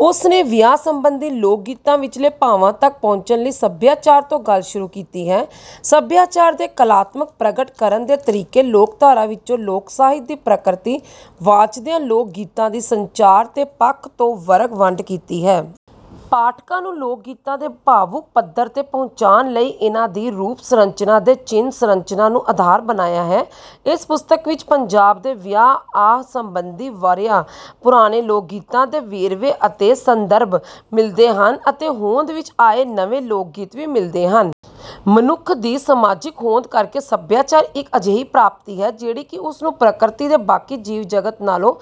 ਉਸ ਨੇ ਵਿਆਹ ਸਬੰਧੀ ਲੋਕਗੀਤਾਂ ਵਿਚਲੇ ਭਾਵਾਂ ਤੱਕ ਪਹੁੰਚਣ ਲਈ ਸਭਿਆਚਾਰ ਤੋਂ ਗੱਲ ਸ਼ੁਰੂ ਕੀਤੀ ਹੈ। ਸਭਿਆਚਾਰ ਦੇ ਕਲਾਤਮਕ ਪ੍ਰਗਟ ਕਰਨ ਦੇ ਤਰੀਕੇ ਲੋਕਧਾਰਾ ਵਿੱਚੋਂ ਲੋਕ-ਸਾਹਿਤ ਦੀ ਪ੍ਰਕਿਰਤੀ ਵਾਚਦਿਆਂ ਲੋਕਗੀਤਾਂ ਦੀ ਸੰਚਾਰ ਦੇ ਪੱਖ ਤੋਂ ਵਰਗ-ਵੰਡ ਕੀਤੀ ਹੈ। ਪਾਠਕਾਂ ਨੂੰ ਲੋਕਗੀਤਾਂ ਦੇ ਭਾਵੁਕ ਪੱਧਰ ਤੇ ਪਹੁੰਚਾਉਣ ਲਈ ਇਨ੍ਹਾਂ ਦੀ ਰੂਪ-ਸੰਰਚਨਾ ਤੇ ਚਿੰਨ੍ਹ-ਸੰਰਚਨਾ ਨੂੰ ਆਧਾਰ ਬਣਾਇਆ ਹੈ। ਇਸ ਪੁਸਤਕ ਵਿੱਚ ਪੰਜਾਬ ਦੇ ਵਿਆਹ-ਆਹ ਸਬੰਧੀ ਵਰ੍ਹਿਆਂ ਪੁਰਾਣੇ ਲੋਕਗੀਤਾਂ ਦੇ ਵੇਰਵੇ ਅਤੇ ਸੰਦਰਭ ਮਿਲਦੇ ਹਨ ਅਤੇ ਹੋਂਦ ਵਿੱਚ ਆਏ ਨਵੇਂ ਲੋਕਗੀਤ ਵੀ ਮਿਲਦੇ ਹਨ। ਮਨੁੱਖ ਦੀ ਸਮਾਜਿਕ ਹੋਂਦ ਕਰਕੇ ਸੱਭਿਆਚਾਰ ਇੱਕ ਅਜਿਹੀ ਪ੍ਰਾਪਤੀ ਹੈ ਜਿਹੜੀ ਕਿ ਉਸ ਨੂੰ ਪ੍ਰਕਿਰਤੀ ਦੇ ਬਾਕੀ ਜੀਵ-ਜਗਤ ਨਾਲੋਂ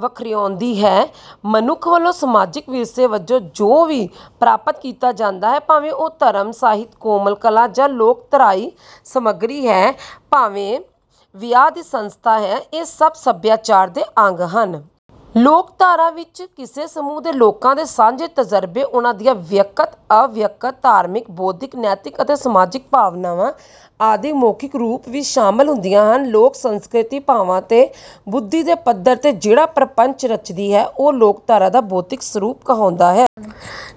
ਵੱਖਰਿਆਉਂਦੀ ਹੈ। ਮਨੁੱਖ ਵੱਲੋਂ ਸਮਾਜਿਕ ਵਿਰਸੇ ਵਜੋਂ ਜੋ ਵੀ ਪ੍ਰਾਪਤ ਕੀਤਾ ਜਾਂਦਾ ਹੈ, ਭਾਵੇਂ ਉਹ ਧਰਮ, ਸਾਹਿਤ, ਕੋਮਲ ਕਲਾ ਜਾਂ ਲੋਕਧਾਰਾਈ ਸਮੱਗਰੀ ਹੈ ਭਾਵੇਂ ਵਿਆਹ ਦੀ ਸੰਸਥਾ ਹੈ, ਇਹ ਸਭ ਸੱਭਿਆਚਾਰ ਦੇ ਅੰਗ ਹਨ। ਲੋਕਧਾਰਾ ਵਿੱਚ ਕਿਸੇ ਸਮੂਹ ਦੇ ਲੋਕਾਂ ਦੇ ਸਾਂਝੇ ਤਜਰਬੇ, ਉਨ੍ਹਾਂ ਦੀਆਂ ਵਿਅਕਤ, ਅਵਿਅਕਤ, ਧਾਰਮਿਕ, ਬੌਧਿਕ, ਨੈਤਿਕ ਅਤੇ ਸਮਾਜਿਕ ਭਾਵਨਾਵਾਂ ਆਦਿ ਮੌਖਿਕ ਰੂਪ ਵਿੱਚ ਸ਼ਾਮਲ ਹੁੰਦੀਆਂ ਹਨ। ਲੋਕ-ਸੰਸਕ੍ਰਿਤੀ ਭਾਵਾਂ ਤੇ ਬੁੱਧੀ ਦੇ ਪੱਧਰ ਦੇ ਜਿਹੜਾ ਪ੍ਰਪੰਚ ਰਚਦੀ ਹੈ, ਉਹ ਲੋਕਧਾਰਾ ਦਾ ਭੌਤਿਕ ਸਰੂਪ ਕਹਾਉਂਦਾ ਹੈ।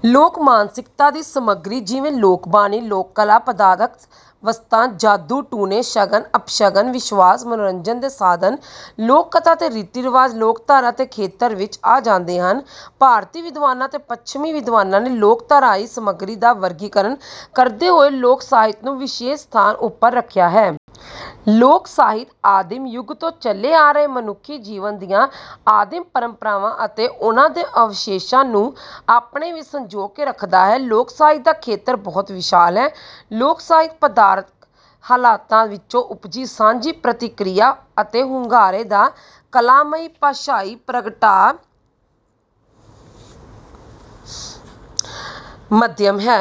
ਲੋਕ-ਮਾਨਸਿਕਤਾ ਦੀ ਸਮੱਗਰੀ ਜਿਵੇਂ ਲੋਕ-ਬਾਣੀ, ਲੋਕ-ਕਲਾ, ਪਦਾਰਥਕ ਵਸਤਾਂ, ਜਾਦੂ-ਟੂਣੇ, ਸ਼ਗਨ, ਅਪਸ਼ਗਨ, ਵਿਸ਼ਵਾਸ, ਮਨੋਰੰਜਨ ਦੇ ਸਾਧਨ, ਲੋਕ-ਕਥਾ ਤੇ ਰੀਤੀ-ਰਿਵਾਜ ਲੋਕਧਾਰਾ ਦੇ ਖੇਤਰ ਵਿੱਚ ਆ ਜਾਂਦੇ ਹਨ। ਭਾਰਤੀ ਵਿਦਵਾਨਾਂ ਤੇ ਪੱਛਮੀ ਵਿਦਵਾਨਾਂ ਨੇ ਲੋਕਧਾਰਾਈ ਸਮੱਗਰੀ ਦਾ ਵਰਗੀਕਰਨ ਕਰਦੇ ਹੋਏ ਲੋਕ-ਸਾਹਿਤ ਨੂੰ ਵਿਸ਼ੇਸ਼ ਸਥਾਨ ਉੱਪਰ ਰੱਖਿਆ ਹੈ। ਲੋਕ-ਸਾਹਿਤ ਆਦਿਮ ਯੁੱਗ ਤੋਂ ਚਲੇ ਆ ਰਹੇ ਮਨੁੱਖੀ ਜੀਵਨ ਦੀਆਂ ਆਦਿਮ ਪਰੰਪਰਾਵਾਂ ਅਤੇ ਉਨ੍ਹਾਂ ਦੇ ਅਵਸ਼ੇਸ਼ਾਂ ਨੂੰ ਆਪਣੇ ਵਿੱਚ ਸੰਜੋ ਕੇ ਰੱਖਦਾ ਹੈ। ਲੋਕ-ਸਾਹਿਤ ਦਾ ਖੇਤਰ ਬਹੁਤ ਵਿਸ਼ਾਲ ਹੈ। ਲੋਕ-ਸਾਹਿਤ ਪਦਾਰਥਕ ਹਾਲਤਾਂ ਵਿੱਚੋਂ ਉਪਜੀ ਸਾਂਝੀ ਪ੍ਰਤੀਕਿਰਿਆ ਅਤੇ ਹੁੰਗਾਰੇ ਦਾ ਕਲਾਮਈ ਭਾਸ਼ਾਈ ਪ੍ਰਗਟਾਅ-ਮਾਧਿਅਮ ਹੈ।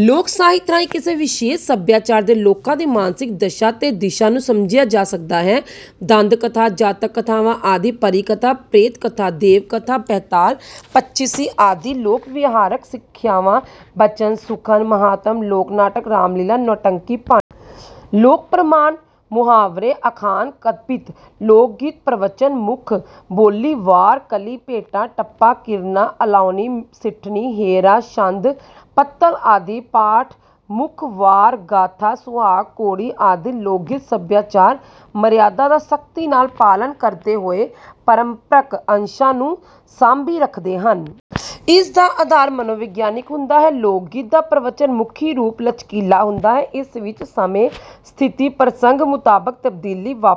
ਲੋਕ-ਸਾਹਿਤ ਰਾਹੀਂ ਕਿਸੇ ਵਿਸ਼ੇਸ਼ ਸੱਭਿਆਚਾਰ ਦੇ ਲੋਕਾਂ ਦੀ ਮਾਨਸਿਕ ਦਸ਼ਾ ਤੇ ਦਿਸ਼ਾ ਨੂੰ ਸਮਝਿਆ ਜਾ ਸਕਦਾ ਹੈ। ਦੰਦ-ਕਥਾ, ਜਾਤਕ-ਕਥਾਵਾਂ ਆਦਿ। ਪਰੀ-ਕਥਾ, ਪ੍ਰੇਤ-ਕਥਾ, ਦੇਵ-ਕਥਾ, ਬੈਤਾਲ ਪਚੀਸੀ ਆਦਿ। ਲੋਕ-ਵਿਹਾਰਕ ਸਿਖਿਆਵਾਂ: ਬਚਨ, ਸੁਖਨ, ਮਹਾਤਮ। ਲੋਕ-ਨਾਟਕ: ਰਾਮ-ਲੀਲਾ, ਨੌਟੰਕੀ, ਭੰਡ। ਲੋਕ-ਪ੍ਰਮਾਣ: ਮੁਹਾਵਰੇ, ਅਖਾਣ, ਕਬਿੱਤ। ਲੋਕਗੀਤ-ਪ੍ਰਵਚਨ-ਮੁੱਖ: ਬੋਲੀ, ਵਾਰ, ਕਲੀ, ਭੇਟਾ, ਟੱਪਾ, ਕੀਰਨਾ, ਅਲਾਹੁਣੀ, ਸਿੱਠਣੀ, ਹੇਅਰਾ, ਛੰਦ, ਪੱਤਲ ਆਦਿ। ਪਾਠ-ਮੁੱਖ: ਵਾਰ, ਗਾਥਾ, ਸੁਹਾਗ, ਘੋੜੀ ਆਦਿ। ਲੋਕਗੀਤ ਸੱਭਿਆਚਾਰ-ਮਰਿਆਦਾ ਦਾ ਸਖਤੀ ਨਾਲ ਪਾਲਣ ਕਰਦੇ ਹੋਏ ਪਰੰਪਰਕ ਅੰਸ਼ਾਂ ਨੂੰ ਸਾਂਭੀ ਰੱਖਦੇ ਹਨ। ਇਸ ਦਾ ਆਧਾਰ ਮਨੋਵਿਗਿਆਨਕ ਹੁੰਦਾ ਹੈ। ਲੋਕਗੀਤ ਦਾ ਪ੍ਰਵਚਨ-ਮੁਖੀ ਰੂਪ ਲਚਕੀਲਾ ਹੁੰਦਾ ਹੈ। ਇਸ ਵਿੱਚ ਸਮੇਂ, ਸਥਿਤੀ, ਪ੍ਰਸੰਗ ਮੁਤਾਬਕ ਤਬਦੀਲੀ ਵਾ